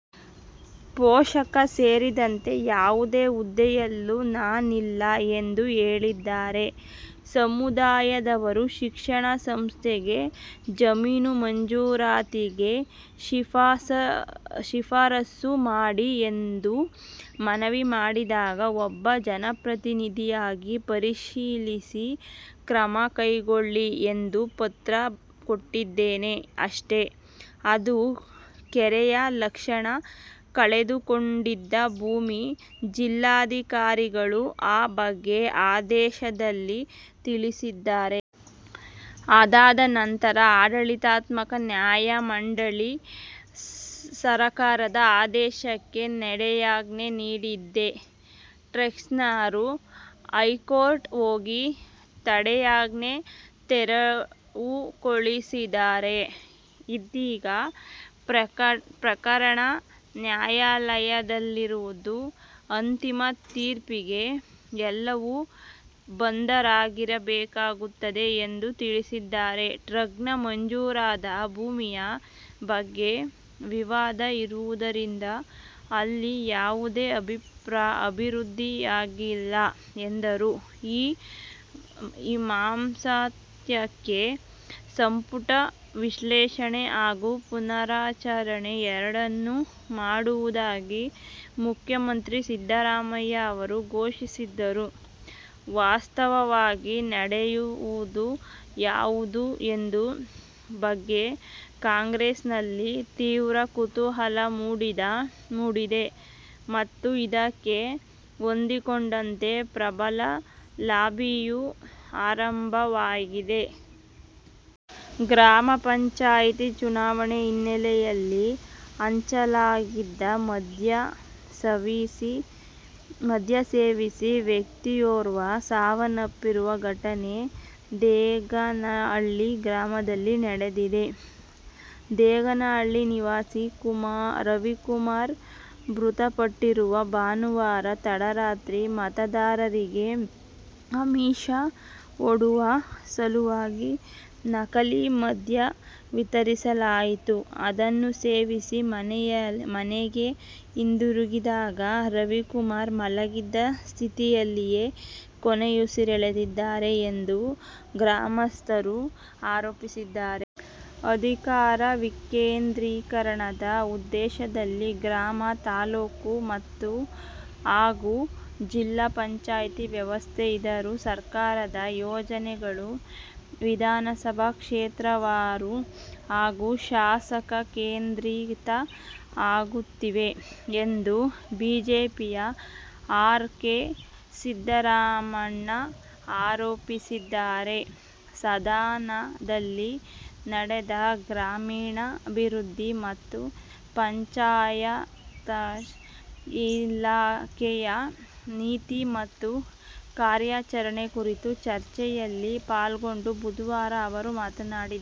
ಪೋಷಕ ಸೇರಿದಂತೆ ಯಾವುದೇ ಹುದ್ದೆಯಲ್ಲೂ ನಾನಿಲ್ಲ ಎಂದು ಹೇಳಿದ್ದಾರೆ. ಸಮುದಾಯದವರು ಶಿಕ್ಷಣ ಸಂಸ್ಥೆಗೆ ಜಮೀನು ಮಂಜೂರಾತಿಗೆ ಶಿಫಾರಸು ಮಾಡಿ ಎಂದು ಮನವಿ ಮಾಡಿದಾಗ ಒಬ್ಬ ಜನಪ್ರತಿನಿಧಿಯಾಗಿ ಪರಿಶೀಲಿಸಿ ಕ್ರಮ ಕೈಗೊಳ್ಳಿ ಎಂದು ಪತ್ರ ಕೊಟ್ಟಿದ್ದೇನೆ ಅಷ್ಟೆ. ಅದು ಕೆರೆಯ ಲಕ್ಷಣ ಕಳೆದುಕೊಂಡಿದ್ದ ಭೂಮಿ. ಜಿಲ್ಲಾಧಿಕಾರಿಗಳೂ ಆ ಬಗ್ಗೆ ಆದೇಶದಲ್ಲಿ ತಿಳಿಸಿದ್ದಾರೆ. ಇದಾದ ನಂತರ ಆಡಳಿತಾತ್ಮಕ ನ್ಯಾಯಮಂಡಳಿ ಸರ್ಕಾರದ ಆದೇಶಕ್ಕೆ ತಡೆಯಾಜ್ಞೆ ನೀಡಿದೆ. ಟ್ರಸ್ಟ್ನವರು ಹೈಕೋರ್ಟ್ಗೆ ಹೋಗಿ ತಡೆಯಾಜ್ಞೆ ತೆರವುಗೊಳಿಸಿದ್ದಾರೆ. ಇದೀಗ ಪ್ರಕರಣ ನ್ಯಾಯಾಲಯದಲ್ಲಿದ್ದು ಅಂತಿಮ ತೀರ್ಪಿಗೆ ಎಲ್ಲರೂ ಬದ್ಧರಾಗಿರಬೇಕಾಗುತ್ತದೆ ಎಂದು ತಿಳಿಸಿದರು. ಟ್ರಸ್ಟ್ಗೆ ಮಂಜೂರಾದ ಭೂಮಿಯ ಬಗ್ಗೆ ವಿವಾದ ಇರುವುದರಿಂದ ಅಲ್ಲಿ ಯಾವುದೇ ಅಭಿವೃದ್ಧಿಯಾಗಿಲ್ಲ ಎಂದರು. ಈ ಮಾಸಾಂತ್ಯಕ್ಕೆ ಸಂಪುಟ ವಿಸ್ತರಣೆ ಹಾಗೂ ಪುನಾರಚನೆ ಎರಡನ್ನೂ ಮಾಡುವುದಾಗಿ ಮುಖ್ಯಮಂತ್ರಿ ಸಿದ್ದರಾಮಯ್ಯ ಅವರು ಘೋಷಿಸಿದ್ದರೂ ವಾಸ್ತವವಾಗಿ ನಡೆಯುವುದು ಯಾವುದು ಎಂಬ ಬಗ್ಗೆ ಕಾಂಗ್ರೆಸ್ನಲ್ಲಿ ತೀವ್ರ ಕುತೂಹಲ ಮೂಡಿದೆ ಮತ್ತು ಇದಕ್ಕೆ ಹೊಂದಿಕೊಂಡಂತೆ ಪ್ರಬಲ ಲಾಬಿಯೂ ಆರಂಭವಾಗಿದೆ. ಗ್ರಾಮ ಪಂಚಾಯತ್ ಚುನಾವಣೆ ಹಿನ್ನೆಲೆಯಲ್ಲಿ ಹಂಚಲಾಗಿದ್ದ ಮದ್ಯ ಸೇವಿಸಿ ವ್ಯಕ್ತಿಯೋರ್ವ ಸಾವನ್ನಪ್ಪಿರುವ ಘಟನೆ ದೇಗನಹಳ್ಳಿ ಗ್ರಾಮದಲ್ಲಿ ನಡೆದಿದೆ. ದೇಗನಹಳ್ಳಿ ನಿವಾಸಿ ರವಿಕುಮಾರ್ ಮೃತಪಟ್ಟವರು. ಭಾನುವಾರ ತಡರಾತ್ರಿ ಮತದಾರರಿಗೆ ಆಮಿಷ ಒಡ್ಡುವ ಸಲುವಾಗಿ ನಕಲಿ ಮದ್ಯ ವಿತರಿಸಲಾಗಿತ್ತು. ಅದನ್ನು ಸೇವಿಸಿ ಮನೆಗೆ ಹಿಂದಿರುಗಿದ್ದ ರವಿಕುಮಾರ್, ಮಲಗಿದ್ದ ಸ್ಥಿತಿಯಲ್ಲಿಯೇ ಕೊನೆಯುಸಿರೆಳೆದಿದ್ದಾರೆ ಎಂದು ಗ್ರಾಮಸ್ಥರು ಆರೋಪಿಸಿದ್ದಾರೆ. ಅಧಿಕಾರ ವಿಕೇಂದ್ರೀಕರಣದ ಉದ್ದೇಶದಿಂದ ಗ್ರಾಮ, ತಾಲೂಕು ಹಾಗೂ ಜಿಲ್ಲಾ ಪಂಚಾಯಿತಿ ವ್ಯವಸ್ಥೆ ಇದ್ದರೂ ಸರ್ಕಾರದ ಯೋಜನೆಗಳು ವಿಧಾನಸಭಾ ಕ್ಷೇತ್ರವಾರು ಹಾಗೂ ಶಾಸಕ ಕೇಂದ್ರಿತ ಆಗುತ್ತಿವೆ ಎಂದು ಬಿಜೆಪಿಯ ಆರ್. ಕೆ. ಸಿದ್ದರಾಮಣ್ಣ ಆರೋಪಿಸಿದ್ದಾರೆ. ಸದನದಲ್ಲಿ ನಡೆದ ಗ್ರಾಮೀಣಾಭಿವೃದ್ಧಿ ಮತ್ತು ಪಂಚಾಯತ್ರಾಜ್ ಇಲಾಖೆಯ ನೀತಿ ಮತ್ತು ಕಾರ್ಯಾಚರಣೆ ಕುರಿತ ಚರ್ಚೆಯಲ್ಲಿ ಪಾಲ್ಗೊಂಡು ಬುಧವಾರ ಅವರು ಮಾತನಾಡಿದರು.